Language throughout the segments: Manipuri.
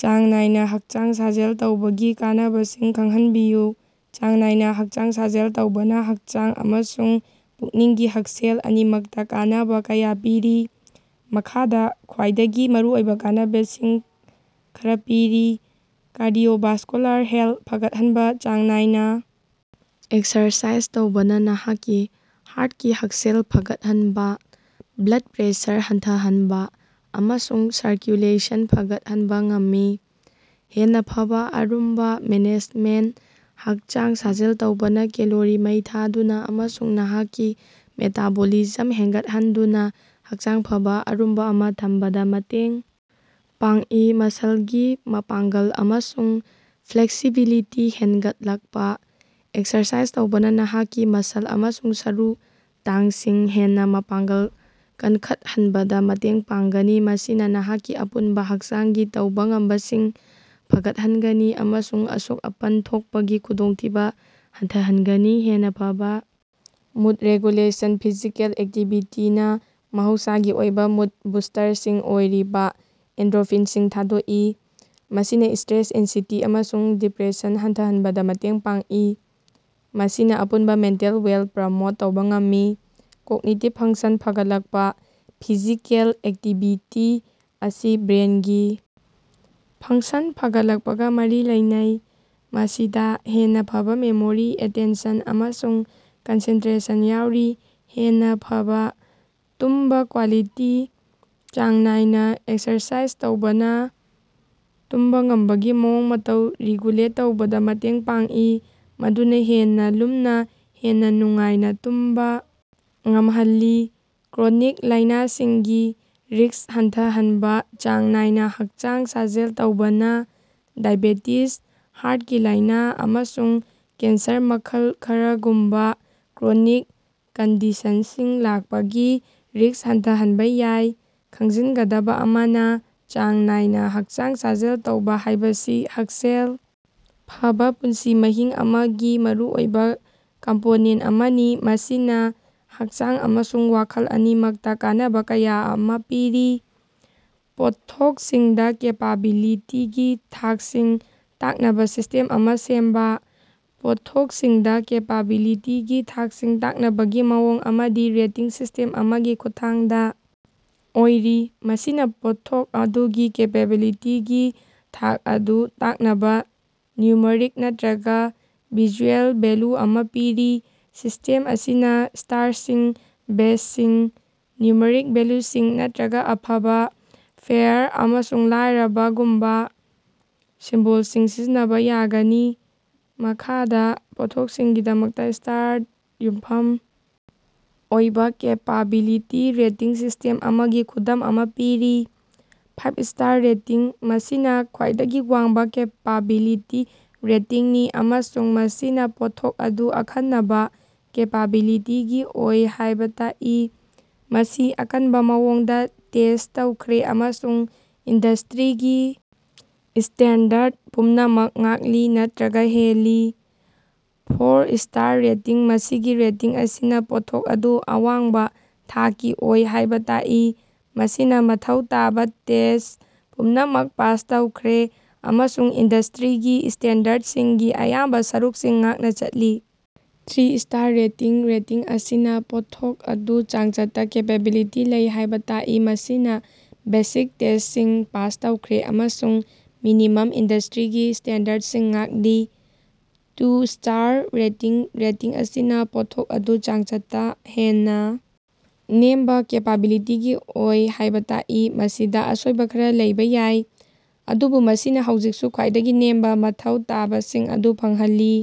ꯆꯥꯡ ꯅꯥꯏꯅ ꯍꯛꯆꯥꯡ ꯁꯥꯖꯦꯜ ꯇꯧꯕꯒꯤ ꯀꯥꯟꯅꯕꯁꯤꯡ ꯈꯪꯍꯟꯕꯤꯌꯨ꯫ ꯆꯥꯡ ꯅꯥꯏꯅ ꯍꯛꯆꯥꯡ ꯁꯥꯖꯦꯜ ꯇꯧꯕꯅ ꯍꯛꯆꯥꯡ ꯑꯃꯁꯨꯡ ꯄꯨꯛꯅꯤꯡꯒꯤ ꯍꯛꯁꯦꯜ ꯑꯅꯤꯃꯛꯇ ꯀꯥꯟꯅꯕ ꯀꯌꯥ ꯄꯤꯔꯤ꯫ ꯃꯈꯥꯗ ꯈ꯭ꯋꯥꯏꯗꯒꯤ ꯃꯔꯨꯑꯣꯏꯕ ꯀꯥꯟꯅꯕꯁꯤꯡ ꯈꯔꯥ ꯄꯤꯔꯤ - ꯀꯥꯔꯗꯤꯑꯣꯚꯥꯁꯀꯨꯂꯥꯔ ꯍꯦꯜꯊ ꯐꯒꯠꯍꯟꯕ - ꯆꯥꯡ ꯅꯥꯏꯅ ꯑꯦꯛꯁꯔꯁꯥꯏꯖ ꯇꯧꯕꯅ ꯅꯍꯥꯛꯀꯤ ꯍꯥ꯭ꯔꯠꯀꯤ ꯍꯛꯁꯦꯜ ꯐꯒꯠꯍꯟꯕ, ꯕ꯭ꯂꯗ ꯄ꯭ꯔꯦꯁꯔ ꯍꯟꯊꯍꯟꯕ ꯑꯃꯁꯨꯡ ꯁꯔꯀ꯭ꯌꯨꯂꯦꯁꯟ ꯐꯒꯠꯍꯟꯕ ꯉꯝꯃꯤ꯫ ꯍꯦꯟꯅ‌ ꯐꯕꯥ ꯑꯔꯨꯝꯕ ꯃꯦꯅꯦꯖꯃꯦꯟꯇ -ꯍꯛꯆꯥꯡ ꯁꯥꯖꯦꯜ ꯇꯧꯕꯅꯥ ꯀꯦꯂꯣꯔꯤ ꯃꯩ ꯊꯥꯗꯨꯅ ꯑꯃꯁꯨꯡ ꯅꯍꯥꯛꯀꯤ ꯃꯦꯇꯥꯕꯣꯂꯤꯖꯝ ꯍꯦꯟꯒꯠꯍꯟꯗꯨꯅ‌ ꯍꯛꯆꯥꯡ ꯐꯕꯥ ꯑꯔꯨꯝꯕ ꯑꯃꯥ ꯊꯝꯕꯗ ꯃꯇꯦꯡ ꯄꯥꯡꯏ꯫ ꯃꯁꯜꯒꯤ ꯃꯄꯥꯡꯒꯜ ꯑꯃꯁꯨꯡ ꯐ꯭ꯂꯦꯛꯁꯤꯕꯤꯂꯤꯇꯤ ꯍꯦꯟꯒꯠꯂꯛꯄ - ꯑꯦꯛꯁꯔꯁꯥꯏꯖ ꯇꯧꯕꯅ ꯅꯍꯥꯛꯀꯤ ꯃꯁꯜ ꯑꯃꯁꯨꯡ ꯁꯔꯨ ꯇꯥꯡꯁꯤꯡ ꯍꯦꯟꯅ ꯃꯄꯥꯡꯒꯜ ꯀꯟꯈꯠꯍꯟꯕꯗ ꯃꯇꯦꯡ ꯄꯥꯡꯒꯅꯤ, ꯃꯁꯤꯅ ꯅꯍꯥꯛꯀꯤ ꯑꯄꯨꯟꯕ ꯍꯛꯆꯥꯡꯒꯤ ꯇꯧꯕ ꯉꯝꯕꯁꯤꯡ ꯐꯒꯠꯍꯟꯒꯅꯤ ꯑꯃꯁꯨꯡ ꯑꯁꯣꯛ-ꯑꯄꯟ ꯊꯣꯛꯄꯒꯤ ꯈꯨꯗꯣꯡꯊꯤꯕ ꯍꯟꯊꯍꯟꯒꯅꯤ꯫ ꯍꯦꯟꯅ ꯐꯕꯥ ꯃꯨꯗ ꯔꯦꯒꯨꯂꯦꯁꯟ -ꯐꯤꯖꯤꯀꯦꯜ ꯑꯦꯛꯇꯤꯚꯤꯇꯤꯅ ꯃꯍꯧꯁꯥꯒꯤ ꯑꯣꯏꯕ ꯃꯨꯗ-ꯕꯨꯁꯇ꯭ꯔꯁꯤꯡ ꯑꯣꯏꯔꯤꯕ ꯑꯦꯟꯗꯣꯔꯐꯤꯟꯁꯤꯡ ꯊꯥꯗꯣꯛꯏ꯫ ꯃꯁꯤꯅ ꯁ꯭ꯇꯔꯦꯁ, ꯑꯦꯟꯁꯤꯇꯤ ꯑꯃꯁꯨꯡ ꯗꯤꯄ꯭ꯔꯦꯁꯟ ꯍꯟꯊꯍꯟꯕꯗ ꯃꯇꯦꯡ ꯄꯥꯡꯏ, ꯃꯁꯤꯅ ꯑꯄꯨꯟꯕ ꯃꯦꯟꯇꯦꯜ ꯋꯦꯜꯕꯤꯡ ꯄ꯭ꯔꯣꯃꯣꯠ ꯇꯧꯕ ꯉꯝꯃꯤ꯫ ꯀꯣꯒꯅꯤꯇꯤꯕ ꯐꯪꯁꯟ ꯐꯒꯠꯂꯛꯄ - ꯐꯤꯖꯤꯀꯦꯜ ꯑꯦꯛꯇꯤꯚꯤꯇꯤ ꯑꯁꯤ ꯕ꯭ꯔꯦꯟꯒꯤ ꯐꯪꯁꯟ ꯐꯒꯠꯂꯛꯄꯒ ꯃꯔꯤ ꯂꯩꯅꯩ, ꯃꯁꯤꯗ ꯍꯦꯟꯅ ꯐꯕꯥ ꯃꯦꯃꯣꯔꯤ, ꯑꯦꯇꯦꯟꯁꯟ ꯑꯃꯁꯨꯡ ꯀꯟꯁꯦꯟꯇꯔꯦꯁꯟ ꯌꯥꯎꯔꯤ꯫ ꯍꯦꯟꯅ ꯐꯕꯥ ꯇꯨꯝꯕ ꯀ꯭ꯕꯥꯂꯤꯇꯤ -ꯆꯥꯡ ꯅꯥꯏꯅ ꯑꯦꯛꯁꯔꯁꯥꯏꯖ ꯇꯧꯕꯅ ꯇꯨꯝꯕ ꯉꯝꯕꯒꯤ ꯃꯑꯣꯡ-ꯃꯇꯧ ꯔꯤꯒꯨꯂꯦꯠ ꯇꯧꯕꯗ ꯃꯇꯦꯡ ꯄꯥꯡꯏ, ꯃꯗꯨꯅ ꯍꯦꯟꯅ ꯂꯨꯝꯅ, ꯍꯦꯟꯅ ꯅꯨꯡꯉꯥꯏꯅ ꯇꯨꯝꯕ ꯉꯝꯍꯜꯂꯤ꯫ ꯀ꯭ꯔꯣꯅꯤꯛ ꯂꯥꯏꯅꯥꯁꯤꯡꯒꯤ ꯔꯤꯁ꯭ꯛ ꯍꯟꯊꯍꯟꯕ - ꯆꯥꯡ ꯅꯥꯏꯅ ꯍꯛꯆꯥꯡ ꯁꯥꯖꯦꯜ ꯇꯧꯕꯅ ꯗꯥꯏꯕꯦꯇꯤꯁ, ꯍꯥꯔ꯭ꯠꯀꯤ ꯂꯥꯏꯅ, ꯑꯃꯁꯨꯡ ꯀꯦꯟꯁꯔ ꯃꯈꯜ ꯈꯔꯒꯨꯝꯕ ꯀ꯭ꯔꯣꯅꯤꯛ ꯀꯟꯗꯤꯁꯟꯁꯤꯡ ꯂꯥꯛꯄꯒꯤ ꯔꯤꯁ꯭ꯛ ꯍꯟꯊꯍꯟꯕ ꯌꯥꯏ꯫ ꯈꯪꯖꯤꯟꯒꯗꯕ ꯑꯃꯅ, ꯆꯥꯡ ꯅꯥꯏꯅ ꯍꯛꯆꯥꯡ ꯁꯥꯖꯦꯜ ꯇꯧꯕ ꯍꯥꯏꯕꯁꯤ ꯍꯛꯁꯦꯜ ꯐꯕꯥ ꯄꯨꯟꯁꯤ ꯃꯍꯤꯡ ꯑꯃꯒꯤ ꯃꯔꯨꯑꯣꯏꯕ ꯀꯝꯄꯣꯅꯦꯟꯇ ꯑꯃꯅꯤ, ꯃꯁꯤꯅ ꯍꯛꯆꯥꯡ ꯑꯃꯁꯨꯡ ꯋꯥꯈꯜ ꯑꯅꯤꯃꯛꯇ ꯀꯥꯟꯅꯕ ꯀꯌꯥ ꯑꯃ ꯄꯤꯔꯤ꯫ ꯄꯣꯠꯊꯣꯛꯁꯤꯡꯗ ꯀꯦꯄꯥꯕꯤꯂꯤꯇꯤꯒꯤ ꯊꯥꯛꯁꯤꯡ ꯇꯥꯛꯅꯕ ꯁꯤꯁꯇꯦꯝ ꯑꯃ ꯁꯦꯝꯕ꯫ ꯄꯣꯠꯊꯣꯛꯁꯤꯡꯗ ꯀꯦꯄꯥꯕꯤꯂꯤꯇꯤꯒꯤ ꯊꯥꯛꯁꯤꯡ ꯇꯥꯛꯅꯕꯒꯤ ꯃꯑꯣꯡ ꯑꯃꯗꯤ ꯔꯦꯇꯤꯡ ꯁꯤꯁ꯭ꯇꯦꯝ ꯑꯃꯒꯤ ꯈꯨꯠꯊꯥꯡꯗ ꯑꯣꯏꯔꯤ, ꯃꯁꯤꯅ ꯄꯣꯠꯊꯣꯛ ꯑꯗꯨꯒꯤ ꯀꯦꯄꯥꯕꯤꯂꯤꯇꯤꯒꯤ ꯊꯥꯛ ꯑꯗꯨ ꯇꯥꯛꯅꯕ ꯅ꯭ꯌꯨꯃꯔꯤꯛ ꯅꯠꯇꯔꯒ ꯚꯤꯖꯨꯑꯦꯜ ꯚꯦꯂ꯭ꯌꯨ ꯑꯃ ꯄꯤꯔꯤ꯫ ꯁꯤꯁ꯭ꯇꯦꯝ ꯑꯁꯤꯅ ꯁ꯭ꯇꯥꯔꯁꯤꯡ, ꯕꯦꯖꯁꯤꯡ, ꯅ꯭ꯌꯨꯃꯔꯤꯛ ꯚꯦꯂ꯭ꯌꯨꯁꯤꯡ ꯅꯠꯇꯔꯒ ꯑꯐꯕꯥ, ꯐꯦꯌꯥꯔ ꯑꯃꯁꯨꯡ ꯂꯥꯏꯔꯕ ꯒꯨꯝꯕ ꯁꯤꯝꯕꯣꯜꯁꯤꯡ ꯁꯤꯖꯤꯟꯅꯕ ꯌꯥꯒꯅꯤ꯫ ꯃꯈꯥꯗ ꯄꯣꯠꯊꯣꯛꯁꯤꯡꯒꯤꯗꯃꯛꯇ ꯁ꯭ꯇꯥꯔꯗ ꯌꯨꯝꯐꯝ ꯑꯣꯏꯕ ꯀꯦꯄꯥꯕꯤꯂꯤꯇꯤ ꯔꯦꯇꯤꯡ ꯁꯤꯁ꯭ꯇꯦꯝ ꯑꯃꯒꯤ ꯈꯨꯗꯝ ꯑꯃ ꯄꯤꯔꯤ - ꯐꯥꯚꯏ ꯁ꯭ꯇꯥꯔ ꯔꯦꯇꯤꯡ -ꯃꯁꯤꯅ ꯈ꯭ꯋꯥꯏꯗꯒꯤ ꯋꯥꯡꯕ ꯀꯦꯄꯥꯕꯤꯂꯤꯇꯤ ꯔꯦꯇꯤꯡꯅꯤ ꯑꯃꯁꯨꯡ ꯃꯁꯤꯅ ꯄꯣꯠꯊꯣꯛ ꯑꯗꯨ ꯑꯈꯟꯅꯕ ꯀꯦꯄꯥꯕꯤꯂꯤꯇꯤꯒꯤ ꯑꯣꯏ ꯍꯥꯏꯕ ꯇꯥꯛꯏ꯫ ꯃꯁꯤ ꯑꯀꯟꯕ ꯃꯑꯣꯡꯗ ꯇꯦꯁ꯭ꯠ ꯇꯧꯈ꯭ꯔꯦ ꯑꯃꯁꯨꯡ ꯏꯟꯗꯁꯇ꯭ꯔꯤꯒꯤ ꯁ꯭ꯇꯦꯟꯗꯔꯗ ꯄꯨꯝꯅꯃꯛ ꯉꯥꯛꯂꯤ ꯅꯠꯇꯔꯒ ꯍꯦꯜꯂꯤ꯫ ꯐꯣꯔ ꯁ꯭ꯇꯥꯔ ꯔꯦꯇꯤꯡ - ꯃꯁꯤꯒꯤ ꯔꯦꯇꯤꯡ ꯑꯁꯤꯅ ꯄꯣꯠꯊꯣꯛ ꯑꯗꯨ ꯑꯋꯥꯡꯕ ꯊꯥꯛꯀꯤ ꯑꯣꯏ ꯍꯥꯏꯕ ꯇꯥꯛꯏ꯫ ꯃꯁꯤꯅ ꯃꯊꯧ ꯇꯥꯕ ꯇꯦꯁ꯭ꯠ ꯄꯨꯝꯅꯃꯛ ꯄꯥꯁ ꯇꯧꯈ꯭ꯔꯦ ꯑꯃꯁꯨꯡ ꯏꯟꯗꯁꯇ꯭ꯔꯤꯒꯤ ꯁ꯭ꯇꯦꯟꯗꯔꯗꯁꯤꯡꯒꯤ ꯑꯌꯥꯝꯕ ꯁꯔꯨꯛꯁꯤꯡ ꯉꯥꯛꯅ ꯆꯠꯂꯤ꯫ ꯊ꯭ꯔꯤ ꯁ꯭ꯇꯥꯔ ꯔꯦꯇꯤꯡ - ꯔꯦꯇꯤꯡ ꯑꯁꯤꯅ ꯄꯣꯠꯊꯣꯛ ꯑꯗꯨ ꯆꯥꯡꯆꯠꯇ ꯀꯦꯄꯥꯕꯤꯂꯤꯇꯤ ꯂꯩ ꯍꯥꯏꯕ ꯇꯥꯛꯏ꯫ ꯃꯁꯤꯅ ꯕꯦꯁꯤꯛ ꯇꯦꯁ꯭ꯇꯁꯤꯡ ꯄꯥꯁ ꯇꯧꯈ꯭ꯔꯦ ꯑꯃꯁꯨꯡ ꯃꯤꯅꯤꯃꯝ ꯏꯟꯗꯁꯇ꯭ꯔꯤꯒꯤ ꯁ꯭ꯇꯦꯟꯗꯔꯗꯁꯤꯡ ꯉꯥꯛꯂꯤ꯫ ꯇꯨ ꯁ꯭ꯇꯥꯔ ꯔꯦꯇꯤꯡ - ꯔꯦꯇꯤꯡ ꯑꯁꯤꯅ ꯄꯣꯠꯊꯣꯛ ꯑꯗꯨ ꯆꯥꯡꯆꯠꯇ ꯍꯦꯟꯅ ꯅꯦꯝꯕ ꯀꯦꯄꯥꯕꯤꯂꯤꯇꯤꯒꯤ ꯑꯣꯏ ꯍꯥꯏꯕ ꯇꯥꯛꯏ꯫ ꯃꯁꯤꯗ ꯑꯁꯣꯏꯕ ꯈꯔ ꯂꯩꯕ ꯌꯥꯏ, ꯑꯗꯨꯕꯨ ꯃꯁꯤꯅ ꯍꯧꯖꯤꯛꯁꯨ ꯈ꯭ꯋꯥꯏꯗꯒꯤ ꯅꯦꯝꯕ ꯃꯊꯧ ꯇꯥꯕꯁꯤꯡ ꯑꯗꯨ ꯐꯪꯍꯜꯂꯤ꯫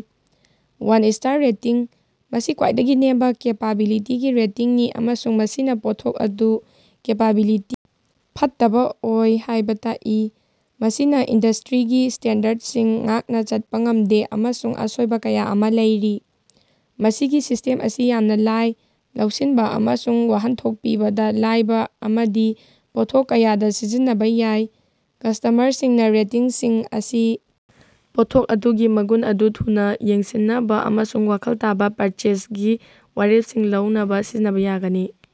ꯋꯥꯟ ꯁ꯭ꯇꯥꯔ ꯔꯦꯇꯤꯡ - ꯃꯁꯤ ꯈ꯭ꯋꯥꯏꯗꯒꯤ ꯅꯦꯝꯕ ꯀꯦꯄꯥꯕꯤꯂꯤꯇꯤꯒꯤ ꯔꯦꯇꯤꯡꯅꯤ ꯑꯃꯁꯨꯡ ꯃꯁꯤꯅ ꯄꯣꯠꯊꯣꯛ ꯑꯗꯨ ꯀꯦꯄꯥꯕꯤꯂꯤꯇꯤ ꯐꯠꯇꯕ ꯑꯣꯏ ꯍꯥꯏꯕ ꯇꯥꯛꯏ꯫ ꯃꯁꯤꯅ ꯏꯟꯗꯁꯇ꯭ꯔꯤꯒꯤ ꯁ꯭ꯇꯦꯟꯗꯔꯗꯁꯤꯡ ꯉꯥꯛꯅ ꯆꯠꯄ ꯉꯝꯗꯦ ꯑꯃꯁꯨꯡ ꯑꯁꯣꯏꯕ ꯀꯌꯥ ꯑꯃ ꯂꯩꯔꯤ꯫ ꯃꯁꯤꯒꯤ ꯁꯤꯁ꯭ꯇꯦꯝ ꯑꯁꯤ ꯌꯥꯝꯅ ꯂꯥꯏ, ꯂꯧꯁꯤꯟꯕ ꯑꯃꯁꯨꯡ ꯋꯥꯍꯟꯊꯣꯛ ꯄꯤꯕꯗ ꯂꯥꯏꯕ ꯑꯃꯗꯤ ꯄꯣꯠꯊꯣꯛ ꯀꯌꯥꯗ ꯁꯤꯖꯤꯟꯅꯕ ꯌꯥꯏ꯫ ꯀꯁ꯭ꯇꯃꯔꯁꯤꯡꯅ ꯔꯦꯇꯤꯡꯁꯤꯡ ꯑꯁꯤ ꯄꯣꯠꯊꯣꯛ ꯑꯗꯨꯒꯤ ꯃꯒꯨꯟ ꯑꯗꯨ ꯊꯨꯅ ꯌꯦꯡꯁꯤꯟꯅꯕ ꯑꯃꯁꯨꯡ ꯋꯥꯈꯜ ꯇꯥꯕ ꯄꯔꯆꯦꯖꯒꯤ ꯋꯥꯔꯦꯞꯁꯤꯡ ꯂꯧꯅꯕ ꯁꯤꯖꯤꯟꯅꯕ ꯌꯥꯒꯅꯤ꯫